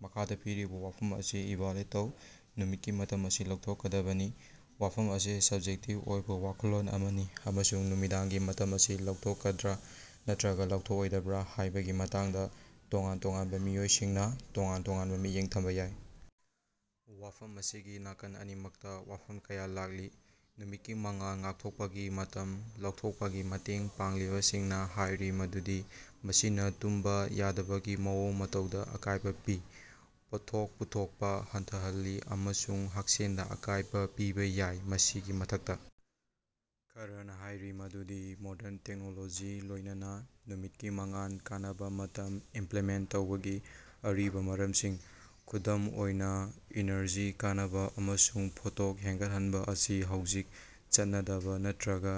ꯃꯈꯥꯗꯥ ꯄꯤꯔꯤꯕꯥ ꯋꯥꯐꯝ ꯑꯁꯤ ꯏꯚꯥꯜꯌꯨꯑꯦꯠ ꯇꯧ: "ꯅꯨꯃꯤꯠꯀꯤ ꯃꯇꯝ ꯑꯁꯤ ꯂꯧꯊꯣꯛꯀꯗꯕꯅꯤ꯫" ꯋꯥꯐꯝ ꯑꯁꯤ ꯁꯕꯖꯦꯛꯇꯤꯕ ꯑꯣꯏꯕꯥ ꯋꯥꯈꯜꯂꯣꯟ ꯑꯃꯅꯤ ꯑꯃꯁꯨꯡ ꯅꯨꯃꯤꯗꯥꯡꯒꯤ ꯃꯇꯝ ꯑꯁꯤ ꯂꯧꯊꯣꯛꯀꯗ꯭ꯔ ꯅꯠꯇ꯭ꯔꯒꯥ ꯂꯧꯊꯣꯛꯂꯣꯏꯗꯕ꯭ꯔꯥ ꯍꯥꯏꯕꯒꯤ ꯃꯇꯥꯡꯗꯥ ꯇꯣꯉꯥꯟ ꯇꯣꯉꯥꯟꯕꯥ ꯃꯤꯑꯣꯏꯁꯤꯡꯅꯥ ꯇꯣꯉꯥꯟ ꯇꯣꯉꯥꯟꯕꯥ ꯃꯤꯠꯌꯦꯡ ꯊꯝꯕꯥ ꯌꯥꯏ꯫ ꯋꯥꯐꯝ ꯑꯁꯤꯒꯤ ꯅꯥꯀꯜ ꯑꯅꯤꯃꯛꯇꯥ ꯋꯥꯐꯝ ꯀꯌꯥ ꯂꯥꯛꯂꯤ꯫ ꯅꯨꯃꯤꯠꯀꯤ ꯃꯉꯥꯜ ꯉꯥꯛꯊꯣꯛꯄꯒꯤ ꯃꯇꯝ ꯂꯧꯊꯣꯛꯄꯒꯤ ꯃꯇꯦꯡ ꯄꯥꯡꯂꯤꯕꯁꯤꯡꯅꯥ ꯍꯥꯏꯔꯤ ꯃꯗꯨꯗꯤ ꯃꯁꯤꯅꯥ ꯇꯨꯝꯕꯥ ꯌꯥꯗꯕꯒꯤ ꯃꯑꯣꯡ ꯃꯇꯧꯗꯥ ꯑꯀꯥꯏꯕꯥ ꯄꯤ, ꯄꯣꯠꯊꯣꯛ ꯄꯨꯊꯣꯛꯄꯥ ꯍꯟꯊꯍꯜꯂꯤ ꯑꯃꯁꯨꯡ ꯍꯛꯁꯦꯜꯗꯥ ꯑꯀꯥꯏꯕ ꯄꯤꯕꯥ ꯌꯥꯏ꯫ ꯃꯁꯤꯒꯤ ꯃꯊꯛꯇꯥ, ꯈꯔꯅꯥ ꯍꯥꯏꯔꯤ ꯃꯗꯨꯗꯤ ꯃꯣꯗꯔꯟ ꯇꯦꯛꯅꯣꯂꯣꯖꯤꯒꯥ ꯂꯣꯏꯅꯅꯥ, ꯅꯨꯃꯤꯠꯀꯤ ꯃꯉꯥꯜ ꯀꯅꯕꯥ ꯃꯇꯝ ꯏꯝꯄꯂꯤꯃꯦꯟꯇ ꯇꯧꯕꯒꯤ ꯑꯔꯤꯕꯥ ꯃꯔꯝꯁꯤꯡ, ꯈꯨꯗꯝ ꯑꯣꯏꯅꯥ ꯏꯅꯔꯖꯤ ꯀꯅꯕꯥ ꯑꯃꯁꯨꯡ ꯄꯣꯠꯊꯣꯛ ꯍꯦꯟꯒꯠꯍꯟꯕ ꯑꯁꯤ ꯍꯧꯖꯤꯛ ꯆꯠꯅꯗꯕꯥ ꯅꯠꯇ꯭ꯔꯒꯥ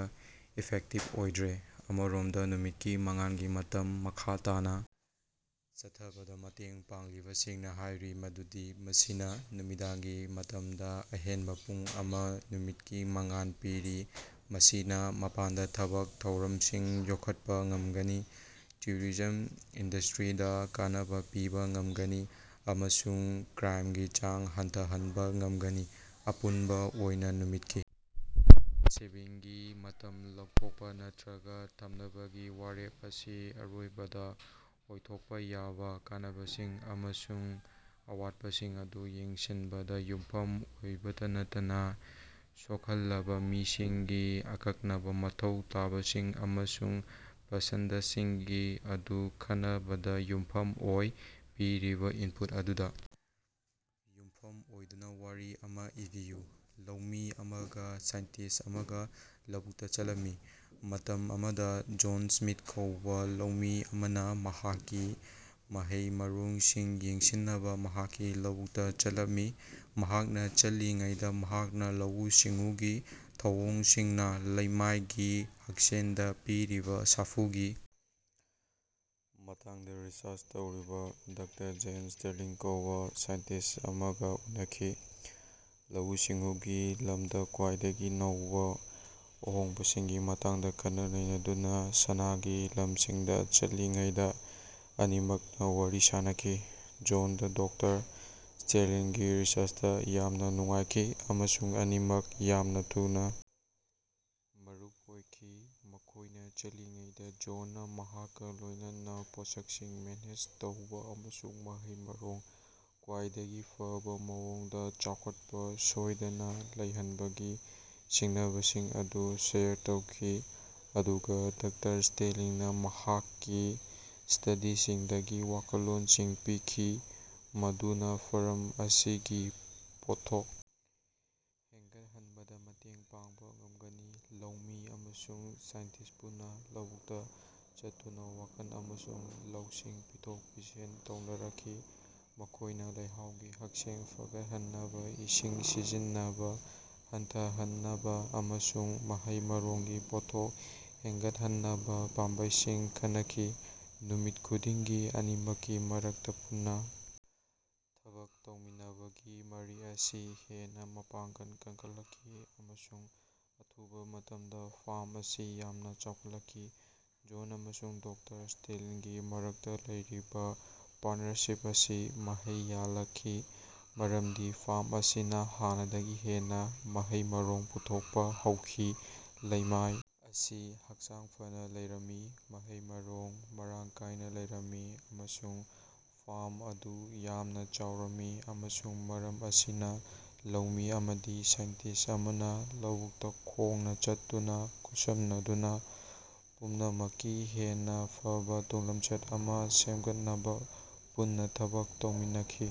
ꯏꯐꯦꯛꯇꯤꯕ ꯑꯣꯏꯗ꯭ꯔꯦ꯫ ꯑꯃꯔꯣꯝꯗꯥ, ꯅꯨꯃꯤꯠꯀꯤ ꯃꯉꯥꯜꯒꯤ ꯃꯇꯝ ꯃꯈꯥ ꯇꯥꯅꯥ ꯆꯠꯊꯕꯗꯥ ꯃꯇꯦꯡ ꯄꯥꯡꯂꯤꯕꯁꯤꯡꯅꯥ ꯍꯥꯏꯔꯤ ꯃꯗꯨꯗꯤ ꯃꯁꯤꯅꯥ ꯅꯨꯃꯤꯗꯥꯡꯒꯤ ꯃꯇꯝꯗꯥ ꯑꯍꯦꯟꯕꯥ ꯄꯨꯡ ꯑꯃꯥ ꯅꯨꯃꯤꯠꯀꯤ ꯃꯉꯥꯜ ꯄꯤꯔꯤ, ꯃꯁꯤꯅꯥ ꯃꯄꯥꯟꯗꯥ ꯊꯕꯛ ꯊꯧꯔꯝꯁꯤꯡ ꯌꯣꯛꯈꯠꯄꯥ ꯉꯝꯒꯅꯤ, ꯇꯨꯔꯤꯖꯝ ꯏꯟꯗꯁꯇ꯭ꯔꯤꯗꯥ ꯀꯥꯟꯅꯕꯥ ꯄꯤꯕꯥ ꯉꯝꯒꯅꯤ, ꯑꯃꯁꯨꯡ ꯀ꯭ꯔꯥꯏꯃꯒꯤ ꯆꯥꯡ ꯍꯟꯊꯍꯟꯕꯥ ꯉꯝꯒꯅꯤ꯫ ꯑꯄꯨꯟꯕꯥ ꯑꯣꯏꯅꯥ, ꯅꯨꯃꯤꯠꯀꯤ ꯁꯦꯚꯤꯡꯒꯤ ꯃꯇꯝ ꯂꯧꯊꯣꯛꯄꯥ ꯅꯠꯇ꯭ꯔꯒꯥ ꯊꯝꯅꯕꯒꯤ ꯋꯥꯔꯦꯞ ꯑꯁꯤ ꯑꯔꯣꯏꯕꯗꯥ ꯑꯣꯏꯊꯣꯛꯄꯥ ꯌꯥꯕꯥ ꯀꯥꯟꯅꯕꯁꯤꯡ ꯑꯃꯁꯨꯡ ꯑꯋꯥꯠꯄꯁꯤꯡ ꯑꯗꯨ ꯌꯦꯡꯁꯤꯟꯕꯗꯥ ꯌꯨꯝꯐꯝ ꯑꯣꯏꯕꯇꯥ ꯅꯠꯇꯅꯥ ꯁꯣꯛꯍꯜꯂꯕꯥ ꯃꯤꯁꯤꯡꯒꯤ ꯑꯀꯛꯅꯕꯥ ꯃꯊꯧ ꯇꯥꯕꯁꯤꯡ ꯑꯃꯁꯨꯡ ꯄꯁꯟꯗꯁꯤꯡ ꯑꯗꯨ ꯈꯟꯅꯕꯗꯥ ꯌꯨꯝꯐꯝ ꯑꯣꯏ꯫ ꯄꯤꯔꯤꯕꯥ ꯏꯟꯄꯨꯠ ꯑꯗꯨꯗꯥ ꯌꯨꯝꯐꯝ ꯑꯣꯏꯗꯨꯅꯥ ꯋꯥꯔꯤ ꯑꯃꯥ ꯏꯕꯤꯌꯨ꯫ ꯂꯧꯃꯤ ꯑꯃꯒ ꯁꯥꯏꯟꯇꯤꯁ ꯑꯃꯒ ꯂꯧꯕꯨꯛꯇꯥ ꯆꯠꯂꯝꯃꯤ꯫ ꯃꯇꯝ ꯑꯃꯗꯥ ꯖꯣꯟ ꯁ꯭ꯃꯤꯊ ꯀꯧꯕꯥ ꯂꯧꯃꯤ ꯑꯃꯅꯥ ꯃꯍꯥꯛꯀꯤ ꯃꯍꯩ-ꯃꯔꯣꯡꯁꯤꯡ ꯌꯦꯡꯁꯤꯟꯅꯕꯥ ꯃꯍꯥꯛꯀꯤ ꯂꯧꯕꯨꯛꯇꯥ ꯆꯠꯂꯝꯃꯤ꯫ ꯃꯍꯥꯛꯅꯥ ꯆꯠꯂꯤꯉꯩꯗꯥ ꯃꯍꯥꯛꯅꯥ ꯂꯧꯎ-ꯁꯤꯡꯎꯒꯤ ꯊꯧꯑꯣꯡꯁꯤꯡꯅꯥ ꯂꯩꯃꯥꯏꯒꯤ ꯍꯛꯁꯦꯜꯗꯥ ꯄꯤꯔꯤꯕꯥ ꯁꯥꯐꯨꯒꯤ ꯃꯇꯥꯡꯗꯥ ꯔꯤꯁꯔꯆ ꯇꯧꯔꯤꯕꯥ ꯗꯥꯛꯇꯔ ꯖꯦꯟ ꯁ꯭ꯇꯦꯔꯂꯤꯡ ꯀꯧꯕꯥ ꯁꯥꯏꯟꯇꯤꯁ ꯑꯃꯒꯥ ꯎꯅꯈꯤ꯫ ꯂꯧꯎ-ꯁꯤꯡꯎꯒꯤ ꯂꯝꯗꯥ ꯈ꯭ꯋꯥꯏꯗꯒꯤ ꯅꯧꯕꯥ ꯑꯍꯣꯡꯕꯁꯤꯡꯒꯤ ꯃꯇꯥꯡꯗꯥ ꯈꯟꯅ-ꯅꯩꯅꯗꯨꯅꯥ ꯁꯅꯥꯒꯤ ꯂꯝꯁꯤꯡꯗꯥ ꯆꯠꯂꯤꯉꯩꯗꯥ ꯑꯅꯤꯃꯛꯅꯥ ꯋꯥꯔꯤ ꯁꯥꯅꯈꯤ꯫ ꯖꯣꯟꯗꯥ ꯗꯣꯛꯇꯔ ꯁ꯭ꯇꯦꯔꯂꯤꯡꯒꯤ ꯔꯤꯁꯔꯆꯇꯥ ꯌꯥꯝꯅꯥ ꯅꯨꯡꯉꯥꯏꯈꯤ, ꯑꯃꯁꯨꯡ ꯑꯅꯤꯃꯛ ꯌꯥꯝꯅꯥ ꯊꯨꯅꯥ ꯃꯔꯨꯞ ꯑꯣꯏꯈꯤ꯫ ꯃꯈꯣꯏꯅꯥ ꯆꯠꯂꯤꯉꯩꯗꯥ, ꯖꯣꯟꯅꯥ ꯃꯍꯥꯛꯀꯥ ꯂꯣꯏꯅꯅꯥ ꯄꯣꯠꯁꯛꯁꯤꯡ ꯃꯦꯅꯦꯖ ꯇꯧꯕꯥ ꯑꯃꯁꯨꯡ ꯃꯍꯩ-ꯃꯔꯣꯡ ꯈ꯭ꯋꯥꯏꯗꯒꯤ ꯐꯕꯥ ꯃꯑꯣꯡꯗꯥ ꯆꯥꯎꯈꯠꯄꯥ ꯁꯣꯏꯗꯅꯥ ꯂꯩꯍꯟꯕꯒꯤ ꯁꯤꯡꯅꯕꯁꯤꯡ ꯑꯗꯨ ꯁꯦꯌꯔ ꯇꯧꯈꯤ, ꯑꯗꯨꯒꯥ ꯗꯥꯛꯇꯔ ꯁ꯭ꯇꯦꯔꯂꯤꯡꯅꯥ ꯃꯍꯥꯛꯀꯤ ꯁ꯭ꯇꯗꯤꯁꯤꯡꯗꯒꯤ ꯋꯥꯈꯜꯂꯣꯟꯁꯤꯡ ꯄꯤꯈꯤ ꯃꯗꯨꯅꯥ ꯐꯥꯔꯝ ꯑꯁꯤꯒꯤ ꯄꯣꯠꯊꯣꯛ ꯍꯦꯟꯒꯠꯍꯟꯕꯗꯥ ꯃꯇꯦꯡ ꯄꯥꯡꯕꯥ ꯉꯝꯒꯅꯤ꯫ ꯂꯧꯃꯤ ꯑꯃꯁꯨꯡ ꯁꯥꯏꯟꯇꯤꯁ ꯄꯨꯟꯅꯥ ꯂꯧꯕꯨꯛꯇꯥ ꯆꯠꯇꯨꯅꯥ ꯋꯥꯈꯜ ꯑꯃꯁꯨꯡ ꯂꯧꯁꯤꯡ ꯄꯤꯊꯣꯛ-ꯄꯤꯁꯤꯟ ꯇꯧꯅꯔꯛꯈꯤ꯫ ꯃꯈꯣꯏꯅꯥ ꯂꯩꯍꯥꯎꯒꯤ ꯍꯛꯁꯦꯜ ꯐꯒꯠꯍꯟꯅꯕꯥ, ꯏꯁꯤꯡ ꯁꯤꯖꯤꯟꯅꯕꯥ ꯍꯟꯊꯍꯟꯅꯕꯥ ꯑꯃꯁꯨꯡ ꯃꯍꯩ-ꯃꯔꯣꯡꯒꯤ ꯄꯣꯠꯊꯣꯛ ꯍꯦꯅꯒꯠꯍꯟꯅꯕꯥ ꯄꯥꯝꯕꯩꯁꯤꯡ ꯈꯟꯅꯈꯤ꯫ ꯅꯨꯃꯤꯠ ꯈꯨꯗꯤꯡꯒꯤ ꯑꯅꯤꯃꯛꯀꯤ ꯃꯔꯛꯇꯥ ꯄꯨꯟꯅꯥ ꯊꯕꯛ ꯇꯧꯃꯤꯟꯅꯕꯒꯤ ꯃꯔꯤ ꯑꯁꯤ ꯍꯦꯟꯅꯥ ꯃꯄꯥꯡꯒꯜ ꯀꯟꯈꯠꯂꯛꯈꯤ ꯑꯃꯁꯨꯡ ꯑꯊꯨꯕꯥ ꯃꯇꯝꯗꯥ ꯐꯥꯔꯝ ꯑꯁꯤ ꯌꯥꯝꯅꯥ ꯆꯥꯎꯈꯠꯂꯛꯈꯤ꯫ ꯖꯣꯟ ꯑꯃꯁꯨꯡ ꯗꯥꯛꯇꯔ ꯁ꯭ꯇꯦꯔꯂꯤꯡꯒꯤ ꯃꯔꯛꯇꯥ ꯂꯩꯔꯤꯕꯥ ꯄꯥꯔꯠꯅꯔꯁꯤꯞ ꯑꯁꯤ ꯃꯍꯩ ꯌꯥꯜꯂꯛꯈꯤ, ꯃꯔꯝꯗꯤ ꯐꯥꯔꯝ ꯑꯁꯤꯅꯥ ꯍꯥꯟꯅꯗꯒꯤ ꯍꯦꯟꯅꯥ ꯃꯍꯩ-ꯃꯔꯣꯡ ꯄꯨꯊꯣꯛꯄꯥ ꯍꯧꯈꯤ꯫ ꯂꯩꯃꯥꯏ ꯑꯁꯤ ꯍꯛꯆꯥꯡ ꯐꯅꯥ ꯂꯩꯔꯝꯃꯤ, ꯃꯍꯩ-ꯃꯔꯣꯡ ꯃꯔꯥꯡ ꯀꯥꯏꯅꯥ ꯂꯩꯔꯝꯃꯤ ꯑꯃꯁꯨꯡ ꯐꯥꯔꯝ ꯑꯗꯨ ꯌꯥꯝꯅꯥ ꯆꯥꯎꯔꯝꯃꯤ꯫ ꯑꯃꯁꯨꯡ ꯃꯔꯝ ꯑꯁꯤꯅꯥ, ꯂꯧꯃꯤ ꯑꯃꯗꯤ ꯁꯥꯏꯟꯇꯤꯁ ꯑꯃꯅꯥ ꯂꯧꯕꯨꯛꯇꯥ ꯈꯣꯡꯅꯥ ꯆꯠꯇꯨꯅꯥ, ꯈꯨꯠꯁꯝꯅꯗꯨꯅꯥ, ꯄꯨꯝꯅꯃꯛꯀꯤ ꯍꯦꯟꯅꯥ ꯐꯕꯥ ꯇꯨꯡꯂꯝꯆꯠ ꯑꯃꯥ ꯁꯦꯝꯒꯠꯅꯕꯥ ꯄꯨꯟꯅꯥ ꯊꯕꯛ ꯇꯧꯃꯤꯟꯅꯈꯤ꯫